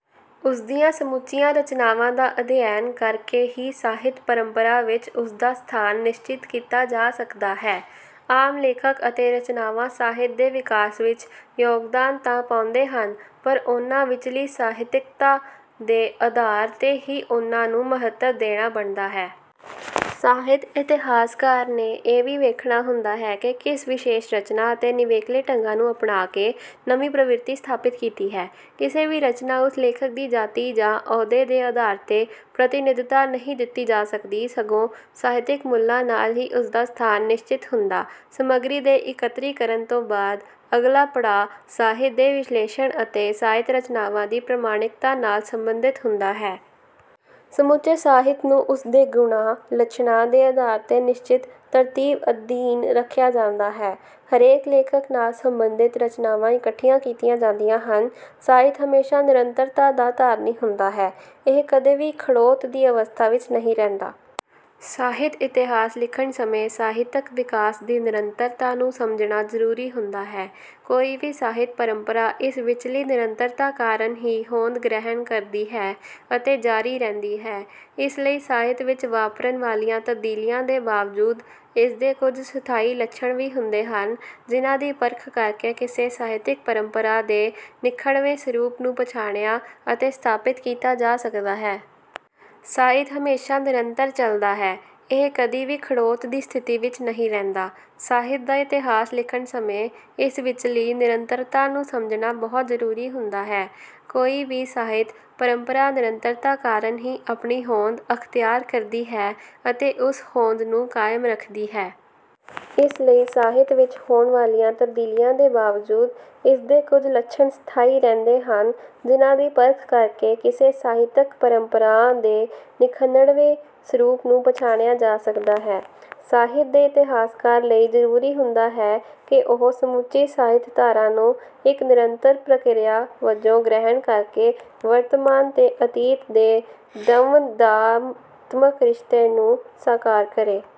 ਉਸਦੀਆਂ ਸਮੁੱਚੀਆਂ ਰਚਨਾਵਾਂ ਦਾ ਅਧਿਐਨ ਕਰਕੇ ਹੀ ਸਾਹਿਤ ਪਰੰਪਰਾ ਵਿੱਚ ਉਸਦਾ ਸਥਾਨ ਨਿਸ਼ਚਿਤ ਕੀਤਾ ਜਾ ਸਕਦਾ ਹੈ ਆਮ ਲੇਖਕ ਅਤੇ ਰਚਨਾਵਾਂ ਸਾਹਿਤ ਦੇ ਵਿਕਾਸ ਵਿੱਚ ਯੋਗਦਾਨ ਤਾਂ ਪਾਉਂਦੇ ਹਨ ਪਰ ਉਹਨਾਂ ਵਿਚਲੀ ਸਾਹਿਤਕਤਾ ਦੇ ਆਧਾਰ ਤੇ ਹੀ ਉਹਨਾਂ ਨੂੰ ਮਹੱਤਵ ਦੇਣਾ ਬਣਦਾ ਹੈ। ਸਾਹਿਤ ਇਤਿਹਾਸਕਾਰ ਨੇ ਇਹ ਵੀ ਵੇਖਣਾ ਹੁੰਦਾ ਹੈ ਕਿ ਕਿਸ ਵਿਸ਼ੇਸ਼ ਰਚਨਾ ਅਤੇ ਨਿਵੇਕਲੇ ਢੰਗਾਂ ਨੂੰ ਅਪਣਾ ਕੇ ਨਵੀ ਪ੍ਰਵਿਰਤੀ ਸਥਾਪਿਤ ਕੀਤੀ ਹੈ। ਕਿਸੇ ਵੀ ਰਚਨਾ ਉਸ ਲੇਖਕ ਦੀ ਜਾਤੀ ਜਾ ਅਹੁਦੇ ਦੇ ਆਧਾਰ ਤੇ ਪ੍ਰਤਿਨਿੱਧਤਾ ਨਹੀਂ ਦਿੱਤੀ ਜਾ ਸਕਦੀ ਸਗੋਂ ਸਾਹਿਤਕ ਮੁੱਲਾ ਨਾਲ ਹੀ ਉਸਦਾ ਸਥਾਨ ਨਿਸਚਿਤ ਹੁੰਦਾ ਸਮੱਗਰੀ ਦੇ ਇਕੱਤਰੀਕਰਨ ਤੋਂ ਬਾਅਦ ਅਗਲਾ ਪੜਾਅ ਸਾਹਿਤ ਦੇ ਵਿਸ਼ਲੇਸ਼ਣ ਅਤੇ ਸਾਹਿਤ ਰਚਨਾਵਾਂ ਦੀ ਪ੍ਰਮਾਣਿਕਤਾ ਨਾਲ ਸੰਬੰਧਿਤ ਹੁੰਦਾ ਹੈ। ਸਮੁੱਚੇ ਸਾਹਿਤ ਨੂੰ ਉਸਦੇ ਗੁਣਾ, ਲੱਛਣਾਂ ਦੇ ਅਧਾਰ ਤੇ ਨਿਸ਼ਚਿਤ ਤਰਤੀਬ ਅਧੀਨ ਰੱਖਿਆ ਜਾਂਦਾ ਹੈ। ਹਰੇਕ ਲੇਖਕ ਨਾਲ ਸੰਬੰਧਿਤ ਰਚਨਾਵਾਂ ਇਕੱਠੀਆਂ ਕੀਤੀਆਂ ਜਾਂਦੀਆਂ ਹਨ। ਸਾਹਿਤ ਹਮੇਸ਼ਾ ਨਿਰੰਤਰਤਾ ਦਾ ਧਾਰਨੀ ਹੁੰਦਾ ਹੈ। ਇਹ ਕਦੀ ਵੀ ਖੜੋਤ ਦੀ ਅਵਸਥਾ ਵਿੱਚ ਨਹੀਂ ਰਹਿੰਦਾ। ਸਾਹਿਤ ਇਤਿਹਾਸ ਲਿਖਣ ਸਮੇਂ ਸਾਹਿਤਕ ਵਿਕਾਸ ਦੀ ਨਿਰੰਤਰਤਾ ਨੂੰ ਸਮਝਣਾ ਜਰੂਰੀ ਹੁੰਦਾ ਹੈ। ਕੋਈ ਵੀ ਸਾਹਿਤ ਪਰੰਪਰਾ ਇਸ ਵਿਚਲੀ ਨਿਰੰਤਰਤਾ ਕਾਰਨ ਹੀ ਹੋਂਦ ਗ੍ਰਹਿਣ ਕਰਦੀ ਹੈ ਅਤੇ ਜਾਰੀ ਰਹਿੰਦੀ ਹੈ। ਇਸ ਲਈ ਸਾਹਿਤ ਵਿੱਚ ਵਾਪਰਨ ਵਾਲੀਆਂ ਤਬਦੀਲੀਆਂ ਦੇ ਬਾਵਜੂਦ ਇਸਦੇ ਕੁਝ ਸਥਾਈ ਲੱਛਣ ਵੀ ਹੁੰਦੇ ਹਨ ਜਿਨ੍ਹਾਂ ਦੀ ਪਰਖ ਕਰਕੇ ਕਿਸੇ ਸਾਹਿਤਿਕ ਪਰੰਪਰਾਂ ਦੇ ਨਿਖੜਵੇਂ ਸਰੂਪ ਨੂੰ ਪਛਾਣਿਆ ਅਤੇ ਸਥਾਪਿਤ ਕੀਤਾ ਜਾ ਸਕਦਾ ਹੈ। ਸਾਹਿਤ ਹਮੇਸ਼ਾ ਨਿਰੰਤਰ ਚੱਲਦਾ ਹੈ। ਇਹ ਕਦੀ ਵੀ ਖੜੋਤ ਦੀ ਸਥਿਤੀ ਵਿਚ ਨਹੀਂ ਰਹਿੰਦਾ। ਸਾਹਿਤ ਦਾ ਇਤਿਹਾਸ ਲਿਖਣ ਸਮੇਂ ਇਸ ਵਿਚਲੀ ਨਿਰੰਤਰਤਾ ਨੂੰ ਸਮਝਣਾ ਬਹੁਤ ਜਰੂਰੀ ਹੁੰਦਾ ਹੈ। ਕੋਈ ਵੀ ਸਾਹਿਤ ਪਰੰਪਰਾ ਨਿਰੰਤਰਤਾ ਕਾਰਨ ਹੀ ਆਪਣੀ ਹੋਂਦ ਅਖਤਿਆਰ ਕਰਦੀ ਹੈ ਅਤੇ ਉਸ ਹੋਂਦ ਨੂੰ ਕਾਇਮ ਰੱਖਦੀ ਹੈ। ਇਸ ਲਈ ਸਾਹਿਤ ਵਿਚ ਹੋਣ ਵਾਲੀਆਂ ਤਬਦੀਲੀਆਂ ਦੇ ਬਾਵਜੂਦ ਇਸਦੇ ਕੁਝ ਲੱਛਣ ਸਥਾਈ ਰੰਹਿਦੇ ਹਨ ਜਿਨ੍ਹਾਂ ਦੀ ਪਰਖ ਕਰਕੇ ਕਿਸੇ ਸਾਹਿਤਕ ਪਰੰਪਰਾਂ ਦੇ ਨਿਖਨੜਵੇਂ ਸਰੂਪ ਨੂੰ ਪਛਾਣਿਆ ਜਾ ਸਕਦਾ ਹੈ। ਸਾਹਿਤ ਦੇ ਇਤਿਹਾਸਕਾਰ ਲਈ ਜਰੂਰੀ ਹੁੰਦਾ ਹੈ ਕਿ ਉਹ ਸਮੁੱਚੀ ਸਾਹਿਤ-ਧਾਰਾ ਨੂੰ ਇਕ ਨਿਰੰਤਰ ਪ੍ਰਕਿਰਿਆ ਵਜੋਂ ਗ੍ਰਹਿਣ ਕਰਕੇ ਵਰਤਮਾਨ ਤੇ ਅਤੀਤ ਦੇ ਦੰਵਦਾਤਮਕ ਰਿਸ਼ਤੇ ਨੂੰ ਸਾਕਾਰ ਕਰੇ।